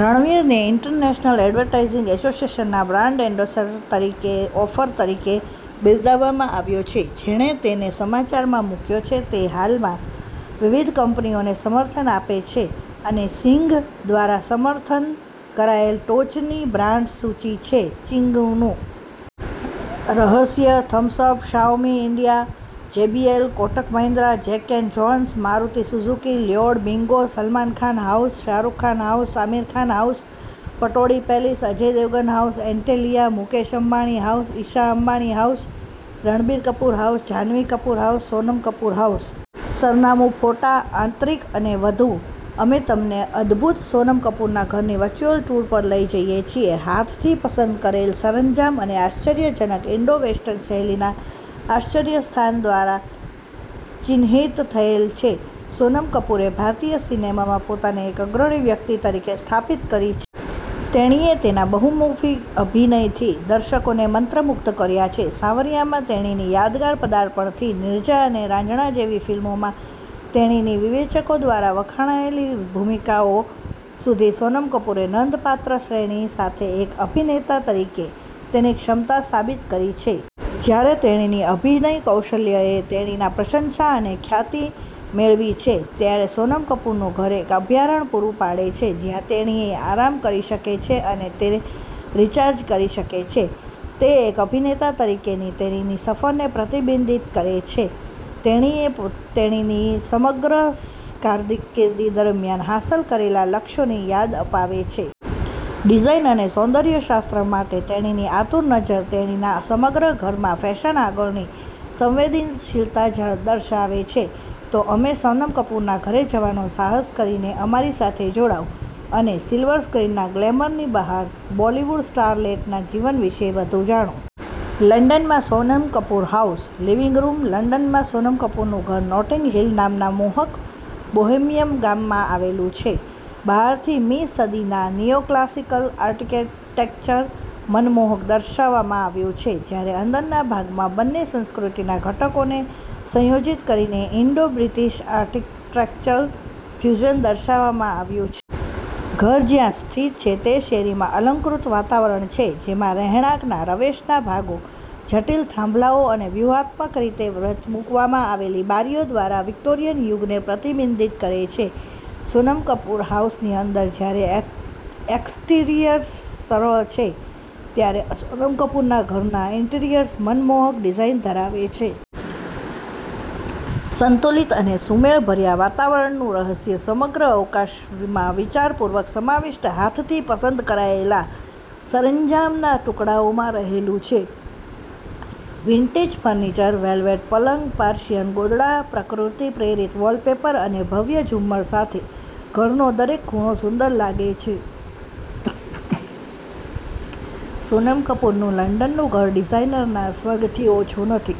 રણવીરને international advertising એસોસિએશનના brand endorser તરીકે offer તરીકે બિરદાવવામાં આવ્યો છે, જેણે તેને સમાચારમાં મૂક્યો છે. હાલમાં તે વિવિધ કંપનીઓને સમર્થન આપે છે. અહીં સિંઘ દ્વારા સમર્થન કરાયેલ ટોચની બ્રાન્ડ્સ સૂચિ છે: ચિંગનું રહસ્ય, Thums Up, Xiaomi India, JBL, Kotak Mahindra bank, Jack and Jones, Maruti Suzuki, Lloyd, Bingo, Salman Khan house, Shahrukh Khan house, Aamir Khan house, Pataudi palace, Ajay Devgan house, Antilia, Mukesh Ambani house, Isha Ambani house, Ranbir Kapoor house, Janhvi Kapoor house, Sonam Kapoor house. સરનામું, ફોટા, આંતરિક અને વધુ: અમે તમને અદભૂત સોનમ કપૂરના ઘરની વર્ચ્યુઅલ ટૂર પર લઈ જઈએ છીએ, હાથથી પસંદ કરેલ સરંજામ અને આશ્ચર્યજનક ઇન્ડો-વેસ્ટર્ન શૈલીના આશ્રયસ્થાન દ્વારા ચિહ્નિત થયેલ છે. સોનમ કપૂરે ભારતીય સિનેમામાં પોતાને એક અગ્રણી વ્યક્તિ તરીકે સ્થાપિત કરી છે. તેણીએ તેના બહુમુખી અભિનયથી દર્શકોને મંત્રમુગ્ધ કર્યા છે. સાવરિયા માં તેણીની યાદગાર પદાર્પણથી નીરજા અને રાંઝણા જેવી ફિલ્મોમાં તેણીની વિવેચકો દ્વારા વખાણાયેલી ભૂમિકાઓ સુધી, સોનમ કપૂરે નોંધપાત્ર શ્રેણી સાથે એક અભિનેતા તરીકેની તેની ક્ષમતા સાબિત કરી છે. જ્યારે તેણીની અભિનય કૌશલ્યએ તેણીની પ્રશંસા અને ખ્યાતિ મેળવી છે, ત્યારે સોનમ કપૂરનું ઘર એક અભયારણ્ય પૂરું પાડે છે જ્યાં તેણી આરામ કરી શકે છે અને રિચાર્જ કરી શકે છે. તે એક અભિનેતા તરીકેની તેણીની સફરને પ્રતિબિંબિત કરે છે, તેણીએ તેણીની સમગ્ર કારકિર્દી દરમિયાન હાંસલ કરેલા લક્ષ્યોની યાદ અપાવે છે. ડિઝાઇન અને સૌંદર્ય શાસ્ત્ર માટે તેણીની આતુર નજર તેણીના સમગ્ર ઘરમાં ફેશન-આગળની સંવેદનશીલતા દર્શાવે છે. તો અમે સોનમ કપૂરના ઘરે જવાનો સાહસ કરીને અમારી સાથે જોડાઓ અને સિલ્વર સ્ક્રીનના ગ્લેમરની બહાર બોલિવૂડ સ્ટારલેટના જીવન વિશે વધુ જાણો. લંડનમાં Sonam Kapoor house living room. લંડનમાં સોનમ કપૂરનું ઘર નોટિંગ હિલ નામના મોહક બોહેમિયન ગામમાં આવેલું છે. બહારથી, મી સદીના નિયોક્લાસિકલ આર્કિટેક્ચરને મનમોહક દર્શાવવામાં આવ્યું છે, જ્યારે અંદરના ભાગમાં બંને સંસ્કૃતિના ઘટકોને સંયોજિત કરીને ઈન્ડો-બ્રિટિશ આર્કિટેક્ચરલ ફ્યુઝન દર્શાવવામાં આવ્યું છે. ઘર જ્યાં સ્થિત છે તે શેરીમાં અલંકૃત વાતાવરણ છે, જેમાં રહેણાંકના રવેશના ભાગો જટિલ થાંભલાઓ અને વ્યૂહાત્મક રીતે મૂકવામાં આવેલી બારીઓ દ્વારા વિક્ટોરિયન યુગને પ્રતિબિંબિત કરે છે. સોનમ કપૂર હાઉસની અંદર, જ્યારે એક્સટીરિયર્સ સરળ છે, ત્યારે સોનમ કપૂરના ઘરના ઈન્ટિરિયર્સ મનમોહક ડિઝાઇન ધરાવે છે. સંતુલિત અને સુમેળભર્યા વાતાવરણનું રહસ્ય સમગ્ર અવકાશમાં વિચારપૂર્વક સમાવિષ્ટ હાથથી પસંદ કરાયેલા સરંજામના ટુકડાઓમાં રહેલું છે. વિન્ટેજ ફર્નિચર, વેલ્વેટ પલંગ, પર્શિયન ગોદડાં, પ્રકૃતિ-પ્રેરિત વૉલપેપર અને ભવ્ય ઝુમ્મર સાથે, ઘરનો દરેક ખૂણો સુંદર લાગે છે. સોનમ કપૂરનું લંડનનું ઘર ડિઝાઇનરના સ્વર્ગથી ઓછું નથી.